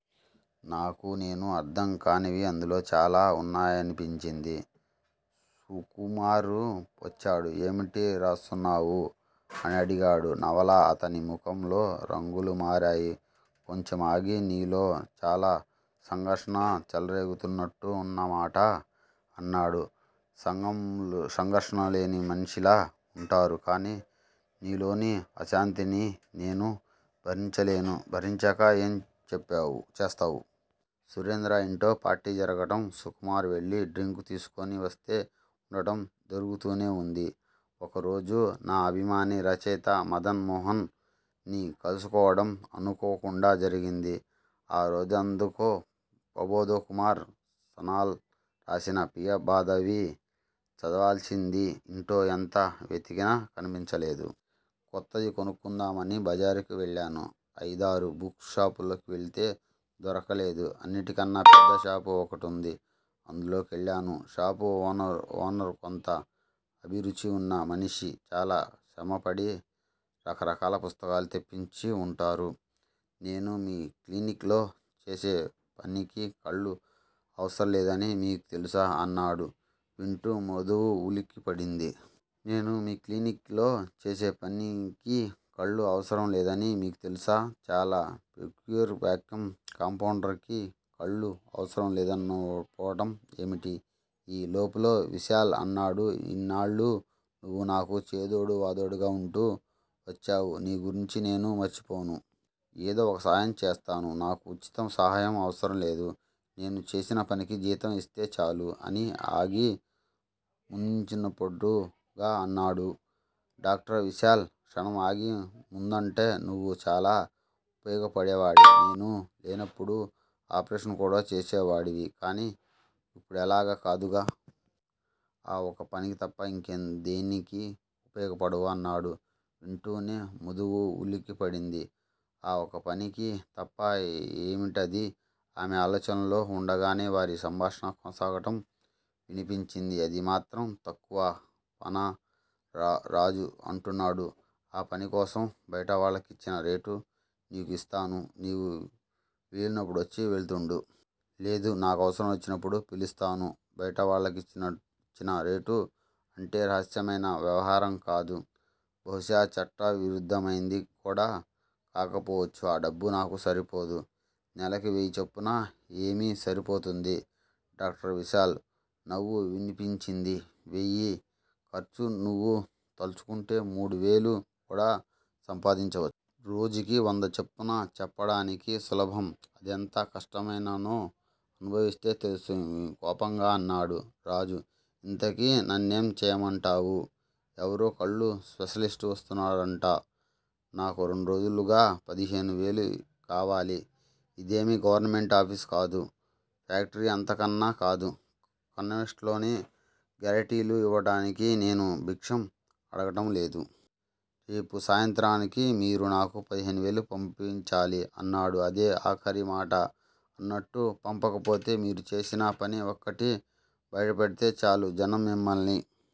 నాకు నేను అర్థం కానివి అందులో చాలా ఉన్నాయనిపించింది. సుకుమార్ వచ్చాడు. ఏమిటి రాస్తున్నావు? అనడిగాడు. 'నవల' అతని ముఖంలో రంగులు మారాయి. కొంచమాగి నీలో చాలా సంఘర్షణ చెలరేగుతున్నట్టు అన్నమాట అన్నాడు. సంఘర్షణలేని మనిషెలా ఉంటారు? కాని నీలోని అశాంతిని నేను భరించలేను. భరించక ఏం చేస్తావు? సురేంద్ర ఇంట్లో పార్టీలు జరగటం, సుకుమార్ వెళ్ళి డ్రింక్ తీసుకుని వస్తే ఉండటం జరుగుతూనే ఉంది. ఒకరోజు నా అభిమాన రచయిత మదన్ మోహన్ ని కలుసుకోవడం అనుకోకుండా జరిగింది. ఆ రోజెందుకో ప్రభోద్ కుమార్ సనాల్ రాసిన ప్రియ బాధవి చదవాలసింది. ఇంట్లో ఎంత వెతికినా కనిపించలేదు. కొత్తది కొనుక్కుందామని బజారుకెళ్ళాను. అయిదారు బుక్ షాపులకెళితే దొరకలేదు. అన్నిటికన్నా పెద్ద షాపు ఒకటుంది. అందులో కెళ్లాను. షాపు ఓనర్ కొంత అభిరుచి ఉన్న మనిషి. చాలా శ్రమపడి రకరకాల పుస్తకాలు తెపించ్చి ఉంటారు. నేను మీ క్లినిక్ లో చేసేపనికి కళ్ళు అవసరంలేదని మీకు తెలుసు అన్నాడు వింటూన్న మధూ ఉలిక్కిపడింది. నేను మీ క్లినిక్ లో చేసేపనికి కళ్ళు అవసరంలేదని మీకు తెలుసు. చాలా పెక్యూలియర్ వాక్యం. కాంపౌండర్ కి కళ్ళ అవసరం లేకపోవటం ఏమిటి? ఈ లోపులో విశాల్ అన్నాడు ఇన్నాళ్ళూ నువ్వు నాకు చేదోడు వాదోడుగా వుంటూ వచ్చావు. నీ గురించి నేను మర్చిపోను. ఏదో ఒకసాయం చేస్తాను. నాకు ఉచిత సహాయం అవసరం లేదు. నేను చేసినపనికి జీతం ఇస్తే చాలు అని ఆగి, ముందిచ్చినట్టుగా అన్నాడు. డాక్టర్ విశాల్ క్షణం ఆగి, ముందంటే నువ్వు చాలా ఉపయోగపడేవాడివి. నేను లేనప్పుడు ఆపరేషన్లు కూడా చేసేవాడివి. కానీ ఇప్పుడలా కాదుగా. ఆ ఒక్కపనికి తప్ప ఇంకదేనికీ ఉపయోగపడవు అన్నాడు. వింటూన్న మధూహ ఉలిక్కిపడింది. ఆ ఒక్కపనికి తప్ప! ఏమిటది? ఆమె ఆలోచనల్లో వుండగానే వారి సంభాషణ కొనసాగటం వినిపించింది. అది మాత్రం తక్కువ పనా? రాజు అంటున్నాడు. ఆ పనికోసం బయటవాళ్ళకిచ్చిన రేటు నీకూ ఇస్తాను. నీకు వీలున్నప్పుడు వచ్చి వెళ్తుండు. లేదా నాకవసరం వచ్చినప్పుడు పిలిపిస్తాను బయటవాళ్ళకిచ్చిన రేటు. అంటే రహస్యమైన వ్యవహారం కాదు. బహుశ చట్టవిరుద్ధమైంది. కూడా కాకపోవచ్చు. ఆ డబ్బు నాకు సరిపోదు. నెలకి వెయ్యి చొప్పున ఏమి సరిపోతుంది? డాక్టర్ విశాల్ నవ్వు వినిపించింది. వెయ్యేం ఖర్మ? నువ్వు తల్చుకుంటే మూడువేలు కూడా సంపాదించవచ్చు. రోజుకి వంద చొప్పున. చెప్పటానికి సులభం. అదెంత కష్టమైనపనో అనుభవిస్తే తెలుస్తుంది కోపంగా అన్నాడు రాజు. ఇంతకీ నన్నేం చెయ్యమంటావు? ఎవరో కళ్ళ స్పెషలిస్ట్ వస్తున్నాడట. నాకో రెండురోజుల్లోగ పదిహేను వేలు కావాలి. ఇదేమీ గవర్నమెంటు ఆఫీసు కాదు. ఫ్యాక్టరీ అంతకన్నా కాదు, కంపన్సేషన్లూ, గ్రాట్యుయిటీలు ఇవ్వటానికి నేను భిక్షం అడగటంలేదు. రేపు సాయంత్రానికి మీరు నాకు పదిహేను వేలు పంపించాలి అన్నాడు అదే ఆఖరి మాట అన్నట్టు. పంపకపోతే? మీరు చేసిన పని 'ఒక్కటి' బయటపడితే చాలు. జనం మిమ్మల్ని